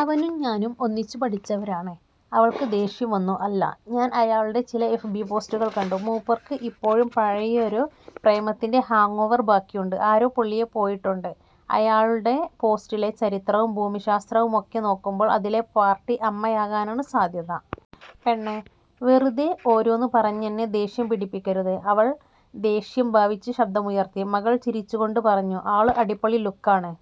അവനും ഞാനും ഒന്നിച്ചു പഠിച്ചവരാണ്'' അവള്ക്കു ദേഷ്യം വന്നു. ''അല്ല, ഞാന് അയാളുടെ ചില എഫ് ബി പോസ്റ്റുകള് കണ്ടു. മൂപ്പര്ക്ക് ഇപ്പോഴും പഴയയൊരു പ്രേമത്തിന്റെ ഹാങ്ങോവര് ബാക്കിയുണ്ട്. ആരോ പുള്ളിയെ പോയിട്ടുണ്ട്. അയാളുടെ പോസ്റ്റിലെ ചരിത്രവും ഭൂമിശാസ്ത്രവുമൊക്കെ നോക്കുമ്പോള് അതിലെ പാർട്ടി അമ്മയാകാനാണ് സാധ്യത. '''' പെണ്ണെ വെറുതെ ഓരോന്നു പറഞ്ഞെന്നെ ദേഷ്യം പിടിപ്പിക്കരുത്'' അവള് ദേഷ്യം ഭാവിച്ചു ശബ്ദമുയര്ത്തി. മകള് ചിരിച്ചുകൊണ്ട് പറഞ്ഞു ''ആളു അടിപൊളി ലുക്കാണ്.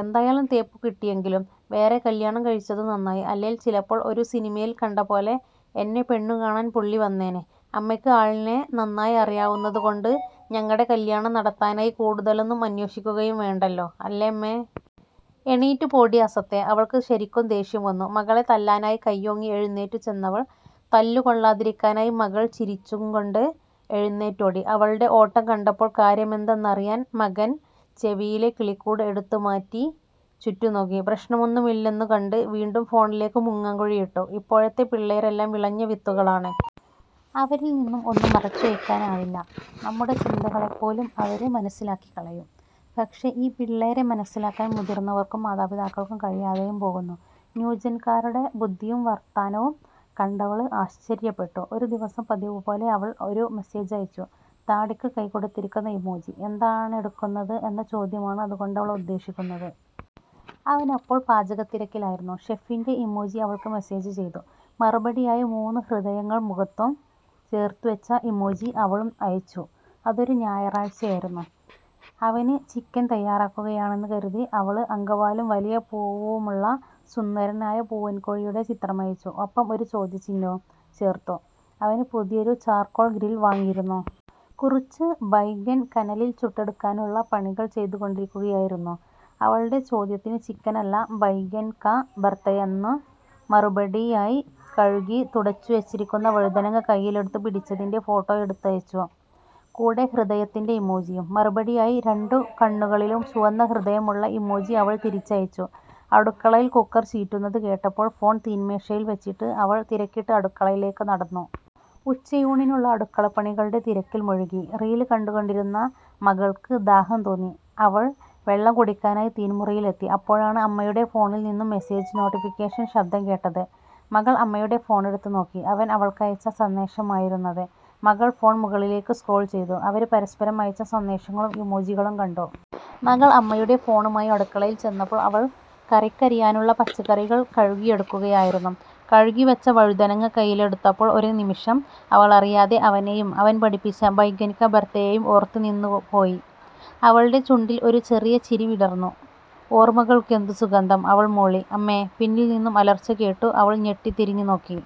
എന്തായാലും തേപ്പുകിട്ടിയെങ്കിലും വേറെ കല്യാണംകഴിച്ചതു നന്നായി. അല്ലേല് ചിലപ്പോള് ഒരു സിനിമേല് കണ്ടപോലെ എന്നെ പെണ്ണുകാണാന് പുള്ളി വന്നേനെ. അമ്മയ്ക്ക് ആളിനെ നന്നായി അറിയാവുന്നതുകൊണ്ട് ഞങ്ങടെ കല്യാണം നടത്താനായി കൂടുതലൊന്നും അന്വേഷിക്കുകയും വേണ്ടല്ലോ, അല്ലേമ്മേ? ' 'എണീറ്റ് പോടീ അസത്തെ'' അവള്ക്കു ശരിക്കും ദേഷ്യം വന്നു. മകളെ തല്ലാനായി കയ്യോങ്ങി എഴുന്നേറ്റുചെന്നവള്. തല്ലുകൊള്ളാതിരിക്കാനായി മകള് ചിരിച്ചും കൊണ്ട് എഴുന്നേറ്റോടി. അവളുടെ ഓട്ടം കണ്ടപ്പോള് കാര്യമെന്തന്നറിയാന് മകന് ചെവിയിലെ കിളിക്കൂട് എടുത്തുമാറ്റി ചുറ്റുംനോക്കി. പ്രശ്നമൊന്നുമില്ലെന്നു കണ്ടു വീണ്ടും ഫോണിലേക്ക് മുങ്ങാംകുഴിയിട്ടു. 'ഇപ്പോഴത്തെ പിള്ളേരെല്ലാം വിളഞ്ഞവിത്തുകളാണ്. അവരില്നിന്നും ഒന്നും മറച്ചുവയ്ക്കാനാവില്ല. നമ്മുടെ ചിന്തകളെപ്പോലും അവര് മനസ്സിലാക്കികളയും. പക്ഷെ ഈ പിള്ളേരെ മനസ്സിലാക്കാന് മുതിർന്നവർക്കും മാതാപിതാക്കള്ക്കും കഴിയാതെയും പോകുന്നു. ' ന്യൂജന്കാരുടെ ബുദ്ധിയും വര്ത്താനവും കണ്ടവള് ആശ്ചര്യപ്പെട്ടു. ഒരുദിവസം പതിവുപോലെ അവള് ഒരു മെസ്സേജയച്ചു. താടിക്കു കൈകൊടുത്തിരിക്കുന്ന ഇമോജി. എന്താണെടുക്കുന്നത് എന്ന ചോദ്യമാണ് അതുകൊണ്ടവള് ഉദ്ദേശിക്കുന്നത്. അവനപ്പോള് പാചകത്തിരക്കിലായിരുന്നു. ഷെഫിന്റെ ഇമോജി അവള്ക്കു മെസ്സേജു ചെയ്തു. മറുപടിയായി മൂന്നു ഹൃദയങ്ങള് മുഖത്തു ചേർത്തുവച്ച ഇമോജി അവളും അയച്ചു അതൊരു ഞാറാഴ്ചയായിരുന്നു. അവന് ചിക്കന് തയ്യാറാക്കുകയാണെന്ന് കരുതി അവള് അങ്കവാലും വലിയ പൂവുമുള്ള സുന്ദരനായ പൂവന്കോഴിയുടെ ചിത്രമയച്ചു. ഒപ്പം ഒരു ചോദ്യചിഹ്നവും ചേര്ത്തു. അവന് പുതിയൊരു 'ചാര്കോള് ഗ്രില്' വാങ്ങിയിരുന്നു. കുറച്ചു ബൈഗന് കനലില് ചുട്ടെടുക്കാനുള്ള പണികള് ചെയ്തുകൊണ്ടിരിക്കുകയായിരുന്നു. അവളുടെ ചോദ്യത്തിനു ചിക്കനല്ല 'ബൈഗന് കാ ബര്ത്തയെ'ന്നു മറുപടിയായി കഴുകി തുടച്ചുവച്ചിരിക്കുന്ന വഴുതനങ്ങ കയ്യിലെടുത്തു പിടിച്ചതിന്റെ ഫോട്ടോയെടുത്തുയച്ചു. കൂടെ ഹൃദയത്തിന്റെ ഇമോജിയും. മറുപടിയായി രണ്ടു കണ്ണുകളിലും ചുവന്ന ഹൃദയമുള്ള ഇമോജി അവള് തിരിച്ചയച്ചു. അടുക്കളയില് കുക്കര് ചീറ്റുന്നത് കേട്ടപ്പോള് ഫോണ് തീന്മേശയില് വച്ചിട്ട് അവള് തിരക്കിട്ട് അടുക്കളയിലേക്ക് നടന്നു. ഉച്ചയൂണിനുള്ള അടുക്കളപ്പണികളുടെ തിരക്കില് മുഴുകി. റീല് കണ്ടുകൊണ്ടിരുന്ന മകൾക്ക് ദാഹം തോന്നി. അവള് വെള്ളം കുടിക്കാനായി തീന്മുറിയിലെത്തി. അപ്പോഴാണ് അമ്മയുടെ ഫോണിൽനിന്നും മെസ്സേജു നോട്ടിഫിക്കേഷന് ശബ്ദം കേട്ടത്. മകള് അമ്മയുടെ ഫോണെടുത്ത് നോക്കി. അവന് അവൾക്കയച്ച സന്ദേശമായിരുന്നത്. മകള് ഫോണ് മുകളിലേക്ക് സ്ക്രോള് ചെയ്തു. അവര് പരസ്പരം അയച്ച സന്ദേശങ്ങളും ഇമോജികളും കണ്ടു. മകള് അമ്മയുടെ ഫോണുമായി അടുക്കളയില്ചെന്നപ്പോള് അവള് കറിക്കരിയാനുള്ള പച്ചക്കറികള് കഴുകിയെടുക്കുകയായിരുന്നു. കഴുകിവെച്ച വഴുതനങ്ങ കയ്യിലെടുത്തപ്പോള് ഒരുനിമിഷം, അവളറിയാതെ അവനെയും അവന് പഠിപ്പിച്ച ബൈഗന് കാ ബര്ത്തയെയും ഓര്ത്തുനിന്നു പോയി. അവളുടെ ചുണ്ടില് ഒരു ചെറിയ ചിരി വിടര്ന്നു. 'ഓർമ്മകള്ക്കെന്തു സുഗന്ധം' അവള് മൂളി. ''അമ്മേ'' പിന്നില്നിന്നും അലര്ച്ചകേട്ടു അവള് ഞെട്ടി തിരിഞ്ഞു നോക്കി.